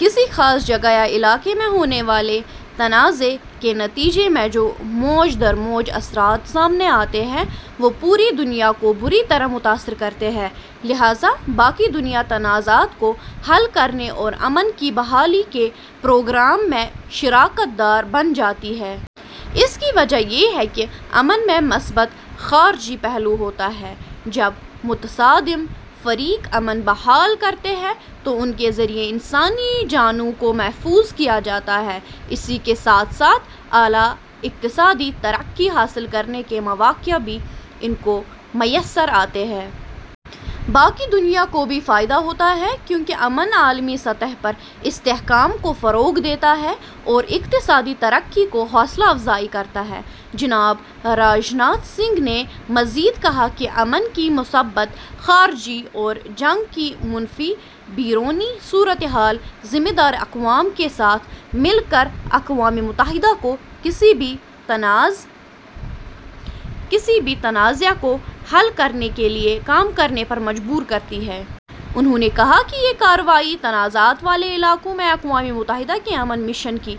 کسی خاص جگہ یا علاقے میں ہونے والے تنازعے کے نتیجے میں جو موج درموج اثرات سامنے آتے ہیں وہ پوری دنیا کو بری طرح متاثر کرتے ہے۔ لہٰذا، باقی دنیا تنازعات کو حل کرنے اور امن کی بحالی کے پروگرام میں شراکت دار بن جاتی ہے۔ اس کی وجہ یہ ہے کہ امن میں مثبت خارجی پہلو ہوتا ہے۔ جب متصادم فریق امن بحال کرتے ہیں، تو ان کے ذریعے انسانی جانوں کو محفوظ کیاجاتا ہے، اسی کے ساتھ ساتھ اعلیٰ اقتصادی ترقی حاصل کرنے کے مواقع بھی ان کو میسر آتے ہیں۔ باقی دنیا کو بھی فائدہ ہوتا ہے کیونکہ امن عالمی سطح پر استحکام کو فروغ دیتا ہے اور اقتصادی ترقی کی حوصلہ افزائی کرتا ہے،'' ۔ جناب راجناتھ سنگھ نے مزید کہا کہ امن کی مثبت خارجی اور جنگ کی منفی بیرونی صورت حال ذمہ دار اقوام کے ساتھ مل کر اقوام متحدہ کو کسی بھی تنازع کو حل کرنے کے لیے کام کرنے پر مجبور کرتی ہے۔ انہوں نے کہا کہ یہ کارروائی تنازعات والے علاقوں میں اقوام متحدہ کے امن مشن کی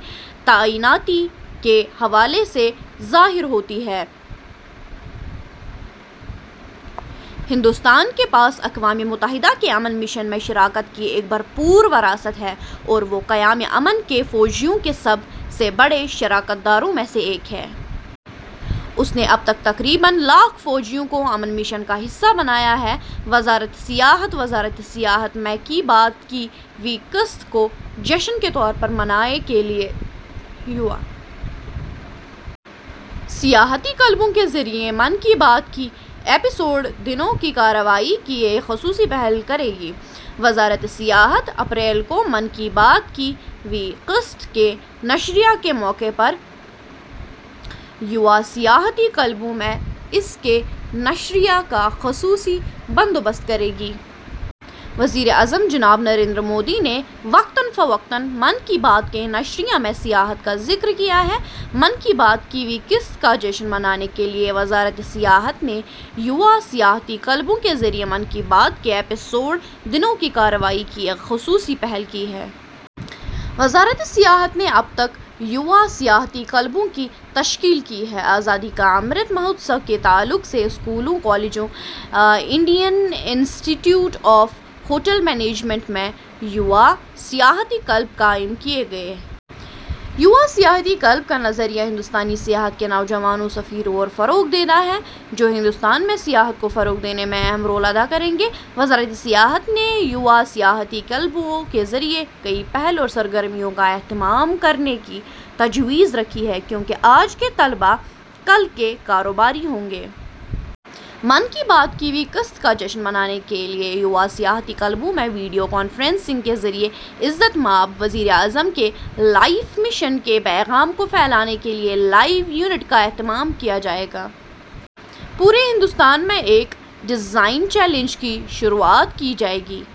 تعیناتی کے حوالے سے ظاہر ہوتی ہے۔ ہندوستان کے پاس اقوام متحدہ کے امن مشن میں شراکت کی ایک بھرپور وراثت ہے اور وہ قیام امن کے فوجیوں کے سب سے بڑے شراکت داروں میں سے ایک ہے۔ اس نے اب تک تقریباً لاکھ فوجیوں کو امن مشن کا حصہ بنایا ہے،. وزارت سیاحت وزارت سیاحت من کی بات کی ویں قسط کو جشن کے طور پر منانے کے لئے یووا سیاحتی کلبوں کے ذریعہ ''من کی بات کے ایپی سوڈ دنوں کی کارروائی'' کی ایک خصوصی پہل کرے گی وزارت سیاحت اپریل کو'من کی بات' کی ویں قسط کے نشریہ کے موقع پر یووا سیاحتی کلبوں میں اس کے نشریہ کا خصوصی بندوبست کرے گی۔ وزیر اعظم جناب نریندر مودی نے وقتاً فوقتاً 'من کی بات' کے نشریہ میں سیاحت کا ذکر کیا ہے۔ من کی بات کی ویں قسط کا جشن منانے کے لیے، وزارت سیاحت نے یووا سیاحتی کلبوں کے ذریعہ '' من کی بات '' کے ایپیسوڈ- دنوں کی کارروائی '' کی ایک خصوصی پہل کی ہے۔ وزارت سیاحت نے اب تک یووا سیاحتی کلبوں کی تشکیل کی ہے ۔ آزادی کا امرت مہوتسو کے تعلق سے اسکولوں، کالجوں، Indian institute of hotel management میں یووا سیاحتی کلب قائم کیے گئے۔ یووا سیاحتی کلب کا نظریہ ہندوستانی سیاحت کے نوجوان سفیروں کو فروغ دینا ہے ، جو ہندوستان میں سیاحت کو فروغ دینے میں اہم رول ادا کریں گے۔ وزارت سیاحت نے یووا سیاحتی کلبوں کے ذریعہ کئی پہل اور سرگرمیوں کا اہتمام کرنے کی تجویز رکھی ہے، کیونکہ آج کے طلباء کل کے کاروباری ہوں گے۔ من کی بات کی ویں قسط کا جشن منانے کے لیے، یووا سیاحتی کلبوں میں ویڈیو کانفرنسنگ کے ذریعے عزت مآب وزیر اعظم کے لائف مشن کے پیغام کو پھیلانے کے لیے لائیو ایونٹ کا اہتمام کیا جائے گا ۔ پورے ہندوستان میں ایک ڈیزائن چیلنج کی شروعات کی جائے گی ۔